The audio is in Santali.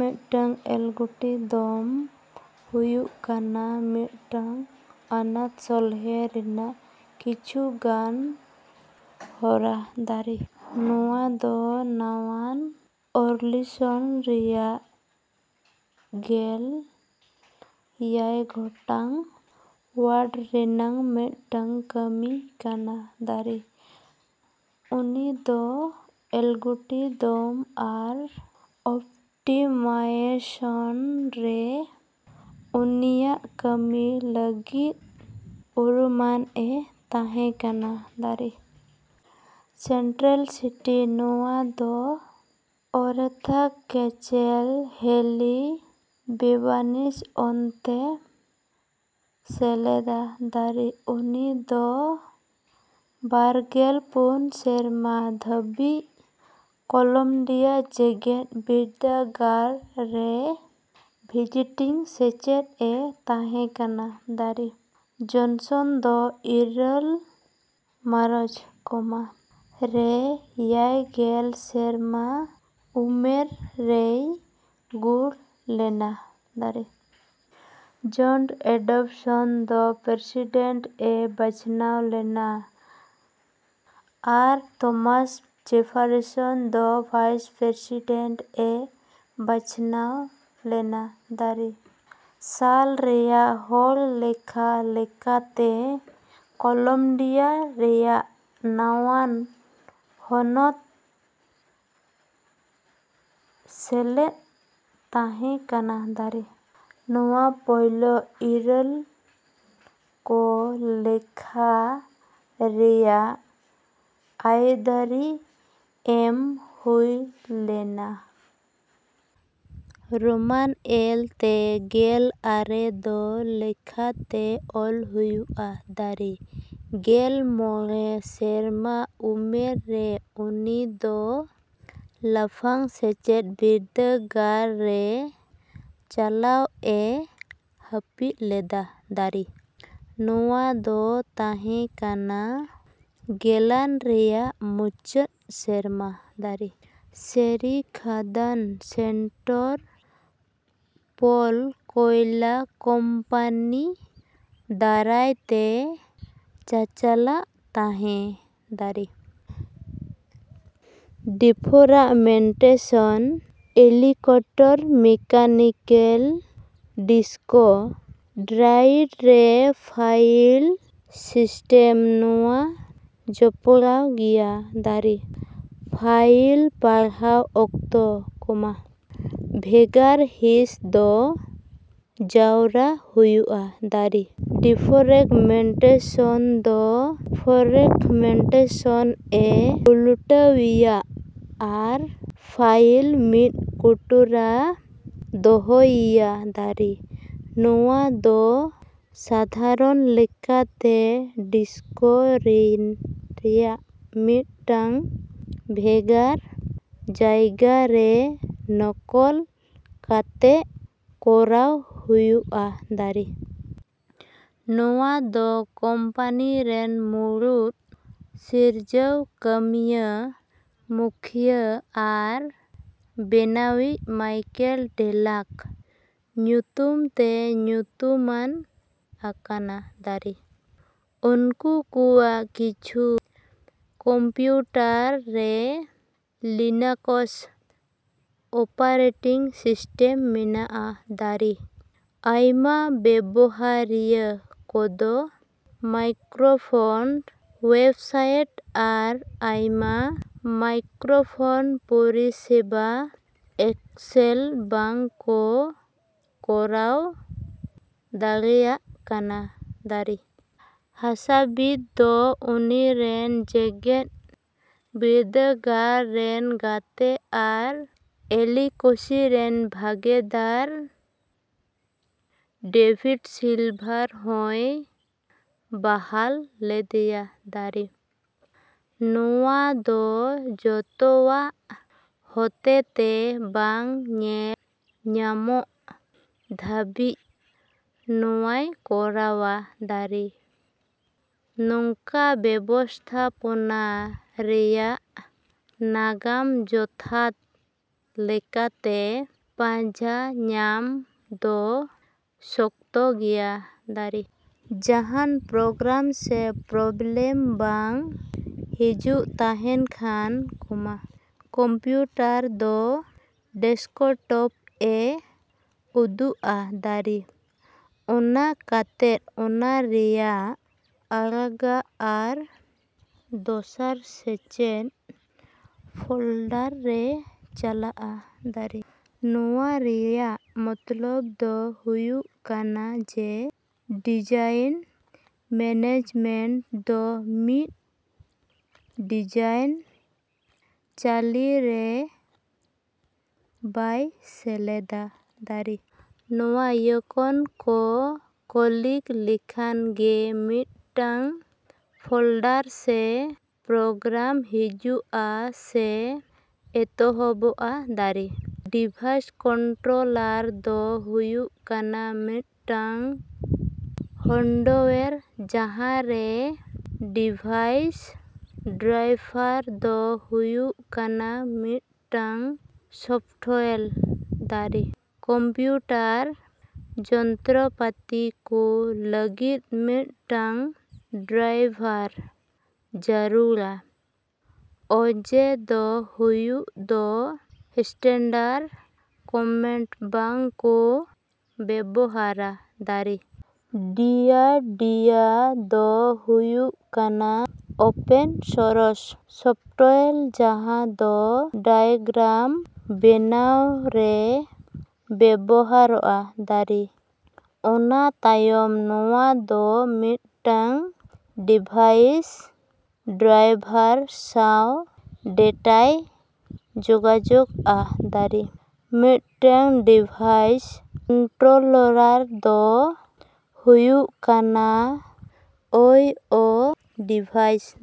ᱢᱤᱫᱴᱟᱝ ᱮᱞᱜᱚᱨᱤᱫᱚᱢ ᱫᱚ ᱦᱩᱭᱩᱜ ᱠᱟᱱᱟ ᱢᱤᱫᱴᱟᱝ ᱟᱱᱟᱴ ᱥᱚᱞᱦᱮ ᱨᱮᱭᱟᱜ ᱠᱤᱪᱷᱩ ᱜᱟᱱ ᱦᱚᱨᱟ᱾ ᱱᱚᱶᱟ ᱫᱚ ᱱᱟᱣᱟᱱ ᱚᱨᱞᱤᱱᱥ ᱨᱮᱭᱟᱜ ᱜᱮᱞ ᱮᱭᱟᱭ ᱜᱚᱴᱟᱝ ᱳᱣᱟᱨᱰ ᱨᱮᱭᱟᱜ ᱢᱤᱫᱴᱟᱝ ᱠᱟᱹᱢᱤ ᱠᱟᱱᱟ᱾ ᱩᱱᱤ ᱫᱚ ᱮᱞᱜᱚᱨᱤᱫᱚᱢ ᱟᱨ ᱚᱯᱴᱤᱢᱟᱭᱡᱮᱥᱚᱱ ᱨᱮ ᱩᱱᱤᱭᱟᱜ ᱠᱟᱹᱢᱤ ᱞᱟᱹᱜᱤᱫ ᱩᱨᱩᱢᱟᱱᱼᱮ ᱛᱟᱦᱮᱠᱟᱱᱟ᱾ ᱥᱮᱱᱴᱨᱟᱞ ᱥᱤᱴᱤᱨᱮ ᱱᱚᱶᱟ ᱫᱚ ᱳᱨᱮᱛᱷᱟ ᱠᱮᱹᱥᱮᱞ ᱦᱮᱹᱞᱤ ᱵᱮᱵᱟᱹᱱᱤᱡ ᱦᱚᱱᱚᱛᱮ ᱥᱮᱞᱮᱫᱟ᱾ ᱩᱱᱤ ᱫᱚ ᱵᱟᱨᱜᱮᱞ ᱯᱩᱱ ᱥᱟᱞ ᱫᱷᱟᱹᱵᱤᱡ ᱠᱚᱞᱚᱢᱵᱤᱭᱟ ᱡᱮᱜᱮᱫ ᱵᱤᱨᱫᱟᱹᱜᱟᱲ ᱨᱮᱱ ᱵᱷᱤᱡᱤᱴᱤᱝ ᱥᱟᱪᱮᱫᱼᱮ ᱛᱟᱦᱮᱠᱟᱱᱟ᱾ ᱡᱚᱱᱥᱚᱱ ᱫᱚ ᱤᱨᱟᱹᱞ ᱢᱟᱨᱪ, ᱨᱮ ᱮᱭᱟᱭ ᱜᱮᱞ ᱥᱮᱨᱢᱟ ᱩᱢᱮᱨ ᱨᱮᱭ ᱜᱩᱨ ᱞᱮᱱᱟ᱾ ᱡᱚᱱ ᱮᱹᱰᱟᱢᱥᱚᱱ ᱫᱚ ᱯᱨᱮᱥᱤᱰᱮᱱᱴ ᱮ ᱵᱟᱪᱷᱱᱟᱣ ᱞᱮᱱᱟ, ᱟᱨ ᱴᱚᱢᱟᱥ ᱡᱮᱯᱷᱟᱨᱥᱚᱱ ᱫᱚ ᱵᱷᱟᱭᱤᱥ ᱯᱨᱮᱥᱤᱰᱮᱱᱴ ᱮ ᱵᱟᱪᱷᱱᱟᱣ ᱞᱮᱱᱟ᱾ ᱥᱟᱞ ᱨᱮᱭᱟᱜ ᱦᱚᱲᱞᱮᱠᱷᱟ ᱞᱮᱠᱟᱛᱮ ᱠᱚᱞᱚᱢᱵᱤᱭᱟ ᱨᱮᱭᱟᱜ ᱱᱟᱣᱟᱱ ᱦᱚᱱᱚᱛ ᱥᱮᱞᱮᱫ ᱛᱟᱦᱮᱸ ᱠᱟᱱᱟ᱾ ᱱᱚᱶᱟ ᱯᱳᱭᱞᱳ ᱛᱤᱨᱞᱟᱹ ᱠᱚ ᱞᱮᱠᱷᱟ ᱨᱮᱭᱟᱜ ᱟᱹᱭᱫᱟᱹᱨ ᱮᱢ ᱦᱩᱭ ᱞᱮᱱᱟ᱾ ᱨᱳᱢᱟᱱ ᱮᱞ ᱛᱮ ᱜᱮᱞ ᱟᱨᱮ ᱫᱚ ᱞᱮᱠᱟᱛᱮ ᱚᱞ ᱦᱩᱭᱩᱜᱼᱟ᱾ ᱜᱮᱞ ᱢᱚᱬᱮ ᱥᱮᱨᱢᱟ ᱩᱢᱮᱨ ᱨᱮ ᱩᱱᱤ ᱫᱚ ᱞᱟᱯᱷᱟᱝ ᱥᱮᱪᱮᱫ ᱵᱤᱨᱫᱟᱹᱜᱟᱲ ᱨᱮ ᱪᱟᱞᱟᱣᱼᱮ ᱦᱟᱹᱯᱤᱫ ᱞᱮᱫᱟ᱾ ᱱᱚᱶᱟ ᱫᱚ ᱛᱟᱦᱮᱸ ᱠᱟᱱᱟ ᱜᱮᱞᱟᱱ ᱨᱮᱭᱟᱜ ᱢᱩᱪᱟᱹᱫ ᱥᱮᱨᱢᱟ᱾ ᱪᱮᱨᱤ ᱠᱷᱟᱹᱫᱟᱹᱱ ᱥᱮᱱᱴ ᱯᱚᱞ ᱠᱚᱭᱞᱟ ᱠᱳᱢᱯᱟᱱᱤ ᱫᱟᱨᱟᱭᱛᱮ ᱪᱟᱪᱟᱞᱟᱜ ᱛᱟᱦᱮᱸ᱾ ᱰᱤᱯᱷᱨᱟᱜᱢᱮᱱᱴᱮᱥᱚᱱ ᱤᱞᱮᱠᱴᱨᱳᱢᱮᱠᱟᱱᱤᱠᱮᱞ ᱰᱤᱥᱠ ᱰᱨᱟᱭᱤᱵᱷ ᱨᱮ ᱯᱷᱟᱭᱤᱞ ᱥᱤᱥᱴᱟᱢ ᱥᱟᱶ ᱡᱚᱯᱚᱲᱟᱣ ᱜᱮᱭᱟ᱾ ᱯᱷᱟᱭᱤᱞ ᱯᱟᱲᱦᱟᱣ ᱚᱠᱛᱚ, ᱵᱷᱮᱜᱟᱨ ᱦᱤᱸᱥ ᱫᱚ ᱡᱟᱣᱨᱟᱭ ᱦᱩᱭᱩᱜᱼᱟ᱾ ᱰᱤᱯᱷᱨᱮᱜᱢᱮᱱᱴᱮᱥᱚᱱ ᱫᱚ ᱯᱷᱨᱮᱜᱢᱮᱱᱴᱮᱥᱚᱱᱼᱮ ᱩᱞᱴᱟᱹᱣᱤᱭᱟ ᱟᱨ ᱯᱷᱟᱭᱤᱞ ᱢᱤᱫ ᱠᱩᱴᱨᱟᱹ ᱨᱮᱭ ᱫᱚᱦᱚᱭᱤᱭᱟ᱾ ᱱᱚᱣᱟ ᱫᱚ ᱥᱟᱫᱷᱟᱨᱚᱱ ᱞᱮᱠᱟᱛᱮ ᱰᱤᱥᱠ ᱨᱮᱭᱟᱜ ᱢᱤᱫᱴᱟᱝ ᱵᱷᱮᱜᱟᱨ ᱡᱟᱭᱜᱟᱨᱮ ᱱᱚᱠᱚᱞ ᱠᱟᱛᱮᱫ ᱠᱚᱨᱟᱣ ᱦᱩᱭᱩᱜᱼᱟ᱾ ᱱᱚᱣᱟ ᱫᱚ ᱠᱳᱢᱯᱟᱹᱱᱤ ᱨᱮᱱ ᱢᱩᱲᱩᱫ ᱥᱤᱨᱡᱟᱹᱣ ᱠᱟᱹᱢᱤᱭᱟᱹ ᱢᱩᱠᱷᱭᱟᱹ ᱟᱨ ᱵᱮᱱᱟᱣᱤᱡ ᱢᱟᱭᱠᱮᱞ ᱰᱮᱞᱼᱟᱜ ᱧᱩᱛᱩᱢ ᱛᱮ ᱧᱩᱛᱩᱢᱟ ᱟᱠᱟᱱᱟ᱾ ᱩᱝᱠᱩᱣᱟᱜ ᱠᱤᱪᱷᱩ ᱠᱚᱢᱯᱤᱭᱩᱴᱟᱨ ᱨᱮ ᱞᱤᱱᱟᱠᱥ ᱚᱯᱟᱨᱮᱴᱤᱝ ᱥᱤᱥᱴᱟᱢ ᱢᱮᱱᱟᱜᱼᱟ᱾ ᱟᱭᱢᱟ ᱵᱮᱵᱚᱦᱟᱨᱤᱭᱟᱹ ᱠᱚᱫᱚ ᱢᱟᱭᱠᱨᱳᱥᱚᱯᱷᱴ ᱳᱣᱮᱵᱥᱟᱭᱤᱴ ᱟᱨ ᱟᱭᱢᱟ ᱢᱟᱭᱠᱨᱳᱥᱚᱯᱷᱴ ᱯᱚᱨᱤᱥᱮᱵᱟ ᱮᱠᱥᱮᱥ ᱵᱟᱝᱠᱚ ᱠᱚᱨᱟᱣ ᱫᱟᱲᱮᱭᱟᱜ ᱠᱟᱱᱟ᱾ ᱦᱟᱥᱟᱵᱤᱛ ᱫᱚ ᱩᱱᱤᱨᱮᱱ ᱡᱮᱜᱮᱫ ᱵᱤᱨᱫᱟᱹᱜᱟᱲ ᱨᱮᱱ ᱜᱟᱛᱮ ᱟᱨ ᱮᱞᱤᱠᱥᱤ ᱨᱮᱱ ᱵᱷᱟᱹᱜᱤᱫᱟᱨ ᱰᱮᱵᱷᱤᱰ ᱥᱤᱞᱵᱷᱟᱨ ᱦᱚᱸᱭ ᱵᱟᱦᱟᱞ ᱞᱮᱫᱮᱭᱟ᱾ ᱱᱚᱣᱟ ᱫᱚ ᱡᱚᱛᱚᱣᱟᱜ ᱦᱚᱛᱮᱛᱮ ᱵᱟᱝ ᱧᱮᱞ ᱧᱟᱢᱚᱜ ᱫᱷᱟᱹᱵᱤᱡ ᱱᱚᱣᱟᱭ ᱠᱚᱨᱟᱣᱼᱟ᱾ ᱱᱚᱠᱟ ᱵᱮᱵᱚᱥᱛᱷᱟᱯᱚᱱᱟ ᱨᱮᱭᱟᱜ ᱱᱟᱜᱟᱢ ᱡᱚᱛᱷᱟᱛ ᱞᱮᱠᱟᱛᱮ ᱯᱟᱸᱡᱟ ᱧᱟᱢ ᱫᱚ ᱥᱚᱠᱛᱚ ᱜᱮᱭᱟ᱾ ᱡᱟᱦᱟᱱ ᱯᱨᱳᱜᱨᱟᱢ ᱥᱮ ᱯᱷᱳᱞᱰᱟᱨ ᱵᱟᱝ ᱡᱷᱤᱡ ᱛᱟᱦᱮᱱ ᱠᱷᱟᱱ, ᱠᱚᱢᱯᱤᱭᱩᱴᱟᱨ ᱫᱚ ᱰᱮᱥᱠᱴᱚᱯᱼᱮ ᱩᱫᱩᱜᱼᱟ᱾ ᱚᱱᱟ ᱠᱟᱛᱮᱫ ᱚᱱᱟ ᱫᱚᱭ ᱟᱲᱟᱜᱟ ᱟᱨ ᱫᱚᱥᱟᱨ ᱥᱚᱦᱮᱫ ᱯᱷᱳᱞᱰᱟᱨ ᱨᱮ ᱪᱟᱞᱟᱜᱼᱟ᱾ ᱱᱚᱣᱟ ᱨᱮᱭᱟᱜ ᱢᱚᱛᱞᱚᱵ ᱫᱚ ᱦᱩᱭᱩᱜ ᱠᱟᱱᱟ ᱡᱮ ᱰᱤᱡᱟᱭᱤᱱ ᱢᱮᱱᱮᱡᱢᱮᱱᱴ ᱫᱚ ᱢᱤᱫ ᱰᱤᱡᱟᱭᱤᱱ ᱪᱟᱹᱞᱤ ᱨᱮ ᱵᱟᱭ ᱮᱥᱮᱫᱼᱟ᱾ ᱱᱚᱣᱟ ᱤᱭᱠᱚᱱ ᱠᱚ ᱠᱞᱤᱠ ᱞᱮᱠᱷᱟᱱ ᱜᱮ ᱢᱤᱫᱴᱟᱝ ᱯᱷᱳᱞᱰᱟᱨ ᱥᱮ ᱯᱨᱳᱜᱨᱟᱢ ᱡᱷᱤᱡᱩᱜᱼᱟ ᱥᱮ ᱮᱛᱚᱦᱚᱵᱚᱜᱼᱟ᱾ ᱰᱤᱵᱷᱟᱭᱤᱥ ᱠᱚᱱᱴᱨᱳᱞᱟᱨ ᱫᱚ ᱦᱩᱭᱩᱜ ᱠᱟᱱᱟ ᱢᱤᱫᱴᱟᱝ ᱦᱟᱨᱰᱳᱣᱮᱨ ᱡᱟᱦᱟᱨᱮ ᱰᱤᱵᱷᱟᱭᱤᱥ ᱰᱨᱟᱭᱵᱷᱟᱨ ᱫᱚ ᱦᱩᱭᱩᱜ ᱠᱟᱱᱟ ᱢᱤᱫᱴᱟᱝ ᱥᱚᱯᱷᱴᱳᱣᱮᱨ᱾ ᱠᱚᱢᱯᱤᱭᱩᱴᱟᱨ ᱡᱚᱱᱛᱚᱨ ᱯᱟᱹᱛᱤ ᱠᱚ ᱞᱟᱹᱜᱤᱫ ᱢᱤᱫᱴᱟᱝ ᱰᱨᱟᱭᱵᱷᱟᱨ ᱡᱟᱹᱨᱩᱲᱟ ᱚᱡᱮ ᱫᱚ ᱩᱝᱠᱩ ᱫᱚ ᱥᱴᱟᱱᱰᱟᱨᱰ ᱠᱚᱢᱟᱱᱰ ᱵᱟᱝ ᱠᱚ ᱵᱮᱵᱚᱦᱟᱨᱟ᱾ ᱰᱤᱭᱟ ᱰᱤᱭᱟ ᱫᱚ ᱦᱩᱭᱩᱜ ᱠᱟᱱᱟ ᱳᱯᱮᱱ ᱥᱳᱨᱥ ᱥᱚᱯᱷᱴᱳᱣᱮᱨ ᱡᱟᱦᱟ ᱫᱚ ᱰᱟᱭᱟᱜᱨᱟᱢ ᱵᱮᱱᱟᱣ ᱨᱮ ᱵᱮᱵᱚᱦᱟᱨᱚᱜᱼᱟ᱾ ᱚᱱᱟ ᱛᱟᱭᱚᱢ ᱱᱚᱣᱟ ᱫᱚ ᱢᱤᱫᱴᱟᱝ ᱰᱤᱵᱷᱟᱭᱤᱥ ᱰᱨᱟᱭᱵᱷᱟᱨ ᱥᱟᱣ ᱰᱮᱴᱟᱭ ᱡᱳᱜᱟᱡᱳᱜᱼᱟ᱾ ᱢᱤᱫᱴᱟᱝ ᱰᱤᱵᱷᱟᱭᱤᱥ ᱠᱚᱱᱴᱨᱳᱞᱟᱨ ᱫᱚ ᱦᱩᱭᱩᱜ ᱠᱟᱱᱟ ᱟᱭ ᱳ ᱰᱤᱵᱷᱟᱭᱤᱥ᱾